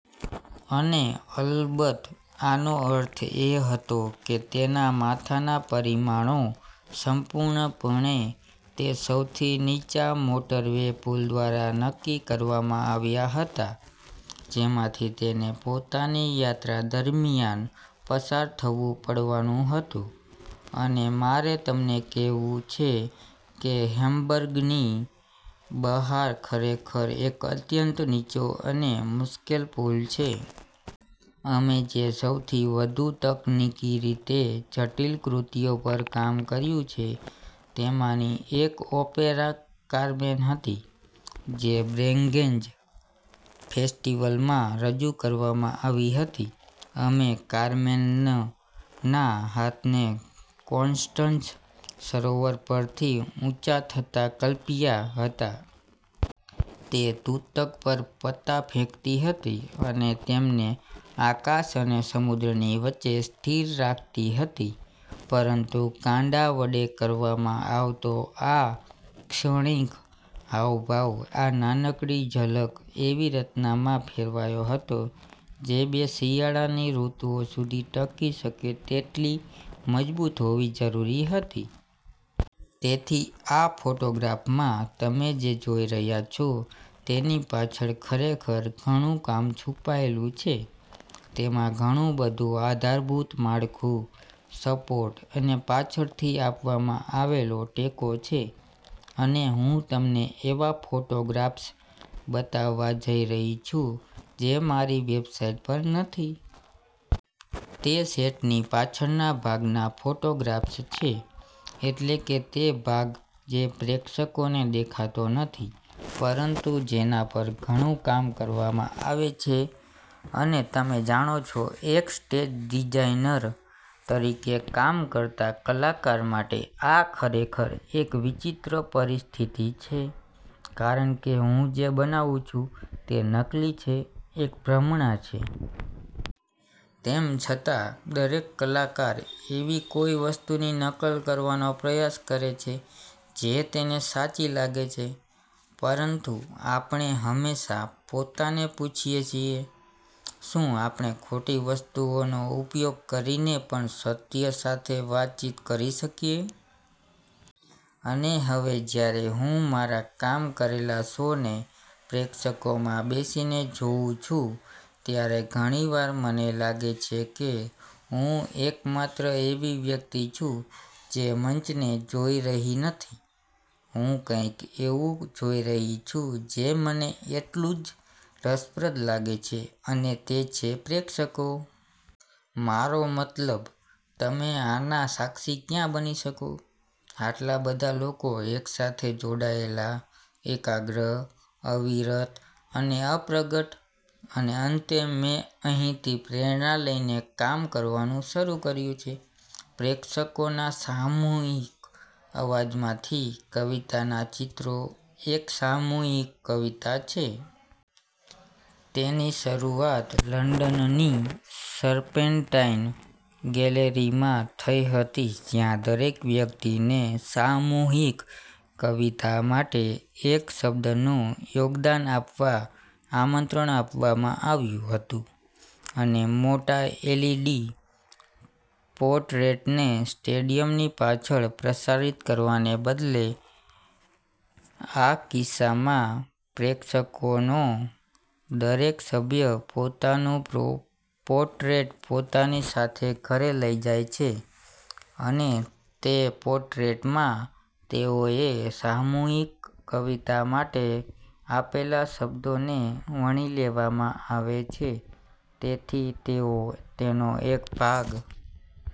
અને અલબત્ત, આનો અર્થ એ હતો કે તેના માથાના પરિમાણો સંપૂર્ણપણે તે સૌથી નીચા મોટરવે પુલ દ્વારા નક્કી કરવામાં આવ્યા હતા, જેમાંથી તેને પોતાની યાત્રા દરમિયાન પસાર થવું પડવાનું હતું. અને મારે તમને કહેવું છે કે હેમ્બર્ગની બહાર ખરેખર એક અત્યંત નીચો અને મુશ્કેલ પુલ છે. અમે જે સૌથી વધુ તકનીકી રીતે જટિલ કૃતિઓ પર કામ કર્યું છે, તેમાંની એક ઓપેરા “કાર્મેન” હતી, જે બ્રેગેન્ઝ ફેસ્ટિવલમાં રજૂ કરવામાં આવી હતી. અમે કાર્મેનના હાથને કોન્સ્ટન્સ સરોવર પરથી ઊંચા થતા કલ્પ્યા હતા. તે તૂતક પર પત્તા ફેંકતી હતી અને તેમને આકાશ અને સમુદ્રની વચ્ચે સ્થિર રાખતી હતી. પરંતુ કાંડા વડે કરવામાં આવતો આ ક્ષણિક હાવભાવ, આ નાનકડી ઝલક, એવી રચનામાં ફેરવાયો હતો જે બે શિયાળાની ઋતુઓ સુધી ટકી શકે તેટલી મજબૂત હોવી જરૂરી હતી. તેથી, આ ફોટોગ્રાફમાં તમે જે જોઈ રહ્યા છો તેની પાછળ ખરેખર ઘણું કામ છુપાયેલું છે. તેમાં ઘણું બધું આધારભૂત માળખું, સપોર્ટ અને પાછળથી આપવામાં આવેલો ટેકો છે. અને હું તમને એવા ફોટોગ્રાફ્સ બતાવવા જઈ રહી છું જે મારી વેબસાઇટ પર નથી. તે સેટની પાછળના ભાગના ફોટોગ્રાફ્સ છે, એટલે કે તે ભાગ જે પ્રેક્ષકોને દેખાતો નથી, પરંતુ જેના પર ઘણું કામ કરવામાં આવે છે. અને તમે જાણો છો, એક સ્ટેજ ડિઝાઇનર તરીકે કામ કરતા કલાકાર માટે આ ખરેખર એક વિચિત્ર પરિસ્થિતિ છે, કારણ કે હું જે બનાવું છું તે નકલી છે, એક ભ્રમણા છે. તેમ છતાં, દરેક કલાકાર એવી કોઈ વસ્તુની નકલ કરવાનો પ્રયાસ કરે છે જે તેને સાચી લાગે છે. પરંતુ આપણે હંમેશાં પોતાને પૂછીએ છીએ: “શું આપણે ખોટી વસ્તુઓનો ઉપયોગ કરીને પણ સત્ય સાથે વાતચીત કરી શકીએ?” અને હવે જ્યારે હું મારા કામ કરેલા શોને પ્રેક્ષકોમાં બેસીને જોઉં છું, ત્યારે ઘણી વાર મને લાગે છે કે હું એકમાત્ર એવી વ્યક્તિ છું જે મંચને જોઈ રહી નથી. હું કંઈક એવું જોઈ રહી છું જે મને એટલું જ રસપ્રદ લાગે છે, અને તે છે પ્રેક્ષકો. મારો મતલબ, તમે આના સાક્ષી ક્યાં બની શકો? આટલા બધા લોકો એકસાથે જોડાયેલા, એકાગ્ર, અવિરત અને અપ્રગટ. અને અંતે, મેં અહીંથી પ્રેરણા લઈને કામ કરવાનું શરૂ કર્યું છે, પ્રેક્ષકોના સામૂહિક અવાજમાંથી. “કવિતાનાં ચિત્રો” એક સામૂહિક કવિતા છે. તેની શરૂઆત લંડનની સર્પેન્ટાઇન ગેલેરીમાં થઈ હતી, જ્યાં દરેક વ્યક્તિને સામૂહિક કવિતા માટે એક શબ્દનું યોગદાન આપવા આમંત્રણ આપવામાં આવ્યું હતું. અને મોટા એલઇડી પોટ્રેટને સ્ટેડિયમની પાછળ પ્રસારિત કરવાને બદલે, આ કિસ્સામાં, પ્રેક્ષકોનો દરેક સભ્ય પોતાનું પોટ્રેટ પોતાની સાથે ઘરે લઈ જાય છે, અને તે પોટ્રેટમાં તેઓએ સામૂહિક કવિતા માટે આપેલા શબ્દોને વણી લેવામાં આવે છે. તેથી તેઓ તેનો એક ભાગ...